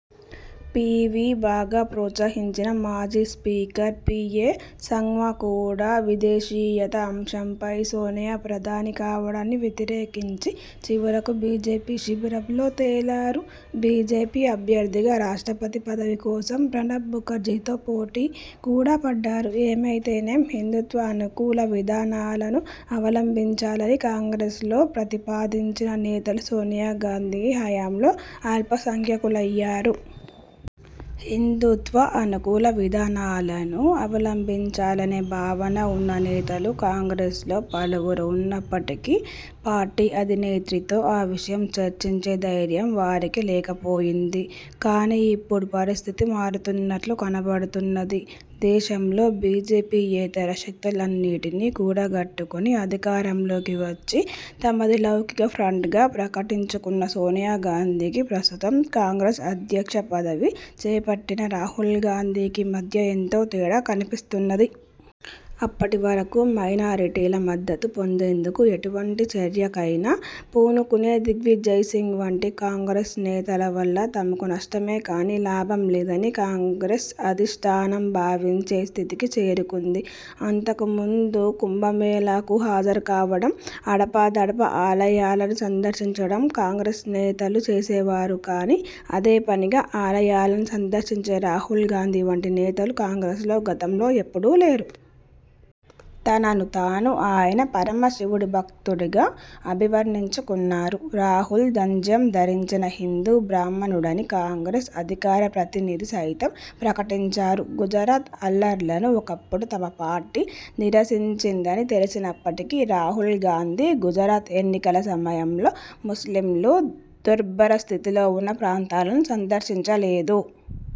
P. V. బాగా ప్రోత్సహించిన మాజీ స్పీకర్ పి. ఏ. సంగ్మా కూడా విదేశీయత అంశంపై సోనియా ప్రధాని కావడాన్ని వ్యతిరేకించి చివరకు బీజేపీ శిబిరంలో తేలారు. బీజేపీ అభ్యర్థిగా రాష్ట్రపతి పదవి కోసం ప్రణబ్ ముఖర్జీతో పోటీ కూడా పడ్డారు. ఏమైతైనేం హిందూత్వ అనుకూల విధానాలను అవలంబించాలని కాంగ్రెస్లో ప్రతిపాదించిన నేతలు సోనియాగాంధీ హయాంలో అల్ప సంఖ్యాకులయ్యారు. హిందూత్వ అనుకూల విధానాలను అవలంబించాలనే భావన ఉన్న నేతలు కాంగ్రెస్లో పలువురు ఉన్నప్పటికీ పార్టీ అధినేత్రితో ఆ విషయం చర్చించే ధైర్యం వారికి లేకపోయింది. కాని ఇప్పుడు పరిస్థితి మారుతున్నట్లు కనపడుతున్నది. దేశంలో బీజేపీయేతర శక్తులన్నిటినీ కూడగట్టుకుని అధికారంలోకి వచ్చి తమది లౌకిక ఫ్రంట్గా ప్రకటించుకున్న సోనియాగాంధీకీ, ప్రస్తుతం కాంగ్రెస్ అధ్యక్ష పదవి చేపట్టిన రాహుల్ గాంధీకి మధ్య ఎంతో తేడా కనిపిస్తున్నది. అప్పటివరకూ మైనారిటీల మద్దతు పొందేందుకు ఎటువంటి చర్యకైనా పూనుకునే దిగ్విజయ్ సింగ్ వంటి కాంగ్రెస్ నేతల వల్ల తమకు నష్టమే కాని లాభం లేదని కాంగ్రెస్ అధిష్ఠానం భావించే స్థితికి చేరుకుంది. అంతకు ముందు కుంభమేళాలకు హాజరు కావడం, అడపాదడపా ఆలయాలను సందర్శించడం కాంగ్రెస్ నేతలు చేసేవారు కాని అదే పనిగా ఆలయాలను సందర్శించే రాహుల్ గాంధీ వంటి నేతలు కాంగ్రెస్లో గతంలో ఎప్పుడూ లేరు. తనను తాను ఆయన పరమశివుడి భక్తుడిగా అభివర్ణించుకున్నారు. రాహుల్ జంధ్యం ధరించిన హిందూ బ్రాహ్మణుడని కాంగ్రెస్ అధికార ప్రతినిధి సైతం ప్రకటించారు. గుజరాత్ అల్లర్లను ఒకప్పుడు తమ పార్టీ నిరసించిందని తెలిసినప్పటికీ రాహుల్ గాంధీ గుజరాత్ ఎన్నికల సమయంలో ముస్లింలు దుర్భర స్థితిలో ఉన్న ప్రాంతాలను సందర్శించలేదు.